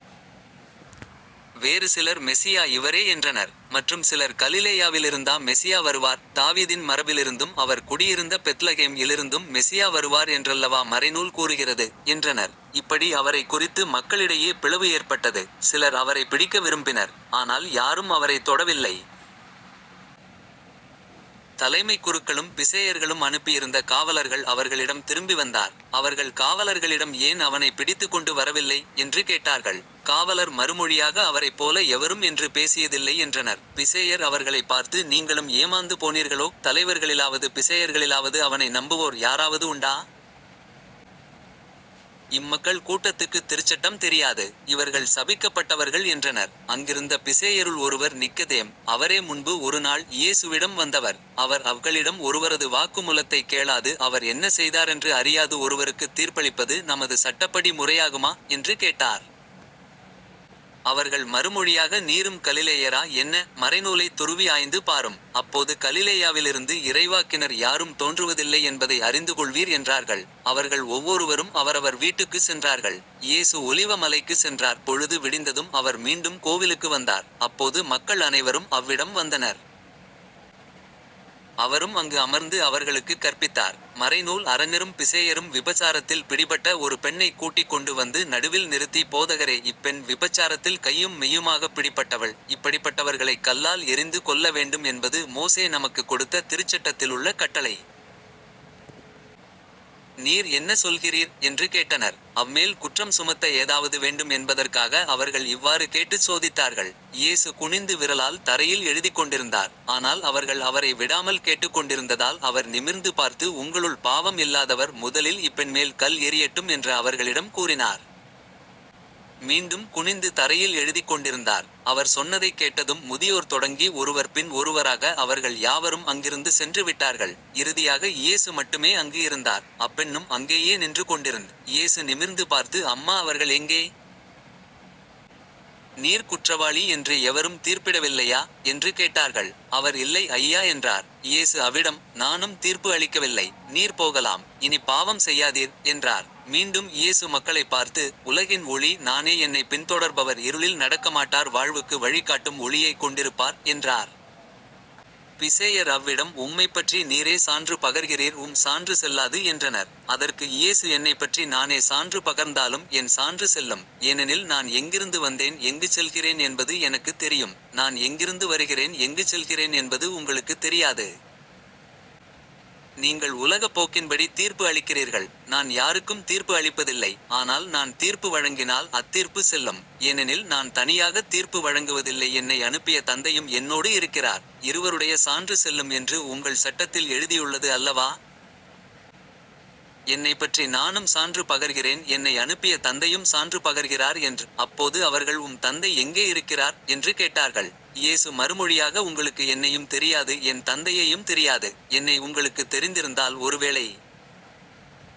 வேறு சிலர் மெசியா இவரே என்றனர். மற்றும் சிலர் கலிலேயாவிலிருந்தா மெசியா வருவார்? தாவீதின் மரபிலிருந்தும் அவர் குடியிருந்த பெத்லகேம் இலிருந்தும் மெசியா வருவார் என்றல்லவா மறைநூல் கூறுகிறது? என்றனர். இப்படி அவரைக் குறித்து மக்களிடையே பிளவு ஏற்பட்டது. சிலர் அவரைப் பிடிக்க விரும்பினர். ஆனால் யாரும் அவரைத் தொடவில்லை. தலைமைக் குருக்களும் பிசேயர்களும் அனுப்பியிருந்த காவலர்கள் அவர்களிடம் திரும்பி வந்தார். அவர்கள் காவலர்களிடம் ஏன் அவனைப் பிடித்துக்கொண்டு வரவில்லை? என்று கேட்டார்கள். காவலர் மறுமொழியாக அவரைப் போல எவரும் என்று பேசியதில்லை என்றனர். பிசேயர் அவர்களைப் பார்த்து நீங்களும் ஏமாந்து போனீர்களோ? தலைவர்களிலாவது பிசேயர்களிலாவது அவனை நம்புவோர் யாராவது உண்டா? இம்மக்கள் கூட்டத்துக்குத் திருச்சட்டம் தெரியாது. இவர்கள் சபிக்கப்பட்டவர்கள் என்றனர். அங்கிருந்த பிசேயருள் ஒருவர் நிக்கதேம். அவரே முன்பு ஒரு நாள் இயேசுவிடம் வந்தவர். அவர் அவ்களிடம் ஒருவரது வாக்குமுலத்தைக் கேளாது அவர் என்ன செய்தாரென்று அறியாது ஒருவருக்குத் தீர்ப்பளிப்பது நமது சட்டப்படி முறையாகுமா? என்று கேட்டார். அவர்கள் மறுமொழியாக நீரும் கலிலேயரா என்ன? மறைநூலைத் துருவி ஆய்ந்து பாரும். அப்போது கலிலேயாவிலிருந்து இறைவாக்கினர் யாரும் தோன்றுவதில்லை என்பதை அறிந்துகொள்வீர் என்றார்கள். அவர்கள் ஒவ்வொருவரும் அவரவர் வீட்டுக்குச் சென்றார்கள். இயேசு ஒலிவ மலைக்குச் சென்றார். பொழுது விடிந்ததும் அவர் மீண்டும் கோவிலுக்கு வந்தார். அப்போது மக்கள் அனைவரும் அவ்விடம் வந்தனர். அவரும் அங்கு அமர்ந்து அவர்களுக்குக் கற்பித்தார். மறைநூல் அறஞரும் பிசேயரும் விபசாரத்தில் பிடிபட்ட ஒரு பெண்ணைக் கூட்டிக் கொண்டு வந்து நடுவில் நிறுத்தி போதகரே இப்பெண் விபச்சாரத்தில் கையும் மெய்யுமாகப் பிடிப்பட்டவள். இப்படிப்பட்டவர்களைக் கல்லால் எறிந்து கொல்ல வேண்டும் என்பது மோசே நமக்குக் கொடுத்த திருச்சட்டத்திலுள்ள கட்டளை. நீர் என்ன சொல்கிறீர்? என்று கேட்டனர். அவ்மேல் குற்றம் சுமத்த ஏதாவது வேண்டும் என்பதற்காக அவர்கள் இவ்வாறு கேட்டுச் சோதித்தார்கள். இயேசு குனிந்து விரலால் தரையில் எழுதிக்கொண்டிருந்தார். ஆனால் அவர்கள் அவரை விடாமல் கேட்டுக்கொண்டிருந்ததால் அவர் நிமிர்ந்து பார்த்து உங்களுள் பாவம் இல்லாதவர் முதலில் இப்பெண்மேல் கல் எறியட்டும் என்ற அவர்களிடம் கூறினார். மீண்டும் குனிந்து தரையில் எழுதிக் கொண்டிருந்தார். அவர் சொன்னதைக் கேட்டதும் முதியோர் தொடங்கி ஒருவர் பின் ஒருவராக அவர்கள் யாவரும் அங்கிருந்து சென்று விட்டார்கள். இறுதியாக இயேசு மட்டுமே அங்கு இருந்தார். அப்பெண்ணும் அங்கேயே நின்று கொண்டிருந்த். இயேசு நிமிர்ந்து பார்த்து அம்மா அவர்கள் எங்கே? நீர் குற்றவாளி என்று எவரும் தீர்ப்பிடவில்லையா? என்று கேட்டார்கள். அவர் இல்லை ஐயா என்றார். இயேசு அவிடம்"நானும் தீர்ப்பு அளிக்கவில்லை. நீர் போகலாம். இனிப் பாவம் செய்யாதீர்" என்றார். மீண்டும் இயேசு மக்களைப் பார்த்து"உலகின் ஒளி நானே என்னைப் பின்தொடர்பவர் இருளில் நடக்கமாட்டார் வாழ்வுக்கு வழி காட்டும் ஒளியைக் கொண்டிருப்பார்" என்றார். பிசேயர் அவ்விடம் உம்மைப்பற்றி நீரே சான்று பகர்கிறீர் உம் சான்று செல்லாது என்றனர். அதற்கு இயேசு என்னைப்பற்றி நானே சான்று பகர்ந்தாலும் என் சான்று செல்லும். ஏனெனில் நான் எங்கிருந்து வந்தேன் எங்குச் செல்கிறேன் என்பது எனக்குத் தெரியும். நான் எங்கிருந்து வருகிறேன் எங்குச் செல்கிறேன் என்பது உங்களுக்குத் தெரியாது. நீங்கள் உலகப் போக்கின்படி தீர்ப்பு அளிக்கிறீர்கள். நான் யாருக்கும் தீர்ப்பு அளிப்பதில்லை. ஆனால் நான் தீர்ப்பு வழங்கினால் அத்தீர்ப்புச் செல்லும். ஏனெனில் நான் தனியாகத் தீர்ப்பு வழங்குவதில்லை என்னை அனுப்பிய தந்தையும் என்னோடு இருக்கிறார். இருவருடைய சான்று செல்லும் என்று உங்கள் சட்டத்தில் எழுதியுள்ளது அல்லவா? என்னைப்பற்றி நானும் சான்று பகர்கிறேன் என்னை அனுப்பிய தந்தையும் சான்று பகர்கிறார் என்ற். அப்போது அவர்கள் உம் தந்தை எங்கே இருக்கிறார்? என்று கேட்டார்கள். இயேசு மறுமொழியாக உங்களுக்கு என்னையும் தெரியாது என் தந்தையையும் தெரியாது. என்னை உங்களுக்குத் தெரிந்திருந்தால் ஒருவேளை